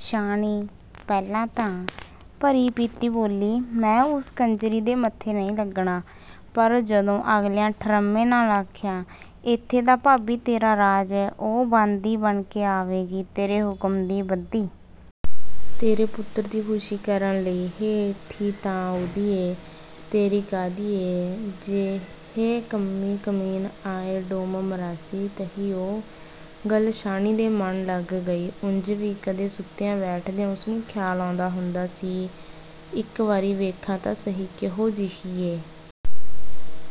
ਸ਼ਾਹਣੀ ਪਹਿਲਾਂ ਤਾਂ ਭਰੀ-ਪੀਤੀ ਬੋਲੀ, "ਮੈਂ ਉਸ ਕੰਜਰੀ ਦੇ ਮੱਥੇ ਨਹੀਂ ਲੱਗਣਾ।" ਪਰ ਜਦੋਂ ਅਗਲਿਆਂ ਠਰ੍ਹੰਮੇ ਨਾਲ ਆਖਿਆ, "ਇੱਥੇ ਤਾਂ ਭਾਬੀ, ਤੇਰਾ ਰਾਜ ਏ। ਉਹ ਬਾਂਦੀ ਬਣ ਕੇ ਆਵੇਗੀ, ਤੇਰੇ ਹੁਕਮ ਦੀ ਬੱਧੀ। ਤੇਰੇ ਪੁੱਤਰ ਦੀ ਖੁਸ਼ੀ ਕਰਨ ਲਈ। ਹੇਠੀ ਤਾਂ ਉਹਦੀ ਏ, ਤੇਰੀ ਕਾਹਦੀ ਏ? ਜਿਹੇ ਕੰਮੀ-ਕਮੀਣ ਆਏ, ਡੂਮ-ਮਰਾਸੀ, ਤਹੀ ਉਹ।" ਗੱਲ ਸ਼ਾਹਣੀ ਦੇ ਮਨ ਲੱਗ ਗਈ। ਉਂਜ ਵੀ ਕਦੇ ਸੁੱਤਿਆਂ-ਬੈਠਦਿਆਂ ਉਸਨੂੰ ਖ਼ਿਆਲ ਆਉਂਦਾ ਹੁੰਦਾ ਸੀ, "ਇੱਕ ਵਾਰੀ ਵੇਖਾਂ ਤਾਂ ਸਹੀ, ਕਿਹੋ ਜਿਹੀ ਏ?"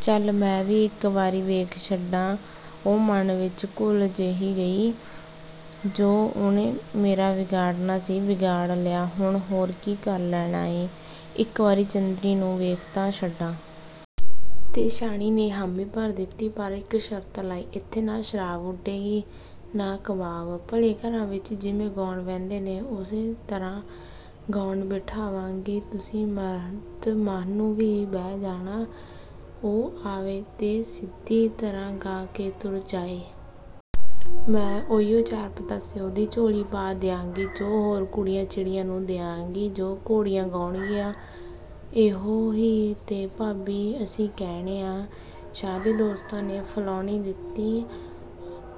"ਚੱਲ, ਮੈਂ ਵੀ ਇੱਕ ਵਾਰੀ ਵੇਖ ਛੱਡਾਂ," ਉਹ ਮਨ ਵਿਚ ਘੁਲ ਜਿਹੀ ਗਈ। "ਜੋ ਉਹਨੇ ਮੇਰਾ ਵਿਗਾੜਣਾ ਸੀ, ਵਿਗਾੜ ਲਿਆ। ਹੁਣ ਹੋਰ ਕੀ ਕਰ ਲੈਣਾ ਏ! ਇੱਕ ਵਾਰੀ ਚੰਦਰੀ ਨੂੰ ਵੇਖ ਤਾਂ ਛੱਡਾਂ।" ਤੇ ਸ਼ਾਹਣੀ ਨੇ ਹਾਮੀ ਭਰ ਦਿੱਤੀ, ਪਰ ਇੱਕ ਸ਼ਰਤ ਲਾਈ, "ਇੱਥੇ ਨਾ ਸ਼ਰਾਬ ਉਡੇਗੀ, ਨਾ ਕਬਾਬ। ਭਲੇ ਘਰਾਂ ਵਿਚ ਜਿਵੇਂ ਗਾਉਣ ਬਹਿੰਦੇ ਨੇ, ਉਸੇ ਤਰ੍ਹਾਂ ਗਾਉਣ ਬਿਠਾਵਾਂਗੀ। ਤੁਸੀਂ ਮਰਦ-ਮਾਹਣੂ ਵੀ ਬਹਿ ਜਾਣਾ। ਉਹ ਆਵੇ, ਤੇ ਸਿੱਧੀ ਤਰ੍ਹਾਂ ਗਾ ਕੇ ਤੁਰ ਜਾਏ। ਮੈਂ ਉਹੀਉ ਚਾਰ ਪਤਾਸੇ ਉਹਦੀ ਝੋਲੀ ਪਾ ਦਿਆਂਗੀ, ਜੋ ਹੋਰ ਕੁੜੀਆਂ-ਚਿੜੀਆਂ ਨੂੰ ਦਿਆਂਗੀ, ਜੋ ਘੋੜੀਆਂ ਗਾਉਣਗੀਆਂ।" "ਇਹੋ ਹੀ ਤੇ ਭਾਬੀ, ਅਸੀਂ ਕਹਿਣੇ ਆਂ।" ਸ਼ਾਹ ਦੇ ਦੋਸਤਾਂ ਨੇ ਫੁਲਾਹੁਣੀ ਦਿੱਤੀ।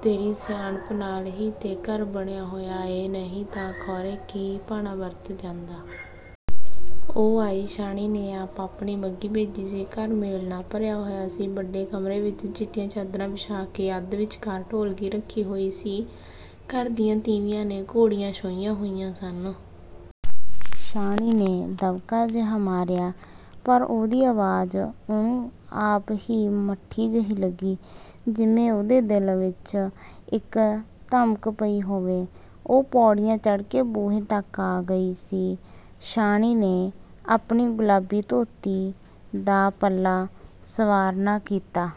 "ਤੇਰੀ ਸਿਆਣਪ ਨਾਲ ਹੀ ਤੇ ਘਰ ਬਣਿਆ ਹੋਇਆ ਏ, ਨਹੀਂ ਤਾਂ ਖੌਰੇ ਕੀ ਭਾਣਾ ਵਰਤ ਜਾਂਦਾ।" ਉਹ ਆਈ। ਸ਼ਾਹਣੀ ਨੇ ਆਪ ਆਪਣੀ ਬੱਘੀ ਭੇਜੀ ਸੀ। ਘਰ ਮੇਲ ਨਾਲ ਭਰਿਆ ਹੋਇਆ ਸੀ। ਵੱਡੇ ਕਮਰੇ ਵਿਚ ਚਿੱਟੀਆਂ ਚਾਦਰਾਂ ਵਿਛਾ ਕੇ, ਅੱਧ ਵਿਚਕਾਰ ਢੋਲਕੀ ਰੱਖੀ ਹੋਈ ਸੀ। ਘਰ ਦੀਆਂ ਤੀਵੀਆਂ ਨੇ ਘੋੜੀਆਂ ਛੋਹੀਆਂ ਹੋਈਆਂ ਸਨ। ਸ਼ਾਹਣੀ ਨੇ ਦਬਕਾ ਜਿਹਾ ਮਾਰਿਆ, ਪਰ ਉਹਦੀ ਆਵਾਜ਼ ਉਹਨੂੰ ਆਪ ਹੀ ਮੱਠੀ ਜਿਹੀ ਲੱਗੀ, ਜਿਵੇਂ ਉਹਦੇ ਦਿਲ ਵਿਚ ਇੱਕ ਧਮਕ ਪਈ ਹੋਵੇ। ਉਹ ਪੌੜੀਆਂ ਚੜ੍ਹ ਕੇ ਬੂਹੇ ਤੱਕ ਆ ਗਈ ਸੀ। ਸ਼ਾਹਣੀ ਨੇ ਆਪਣੀ ਗੁਲਾਬੀ ਧੋਤੀ ਦਾ ਪੱਲਾ ਸਵਾਰਨਾ ਕੀਤਾ।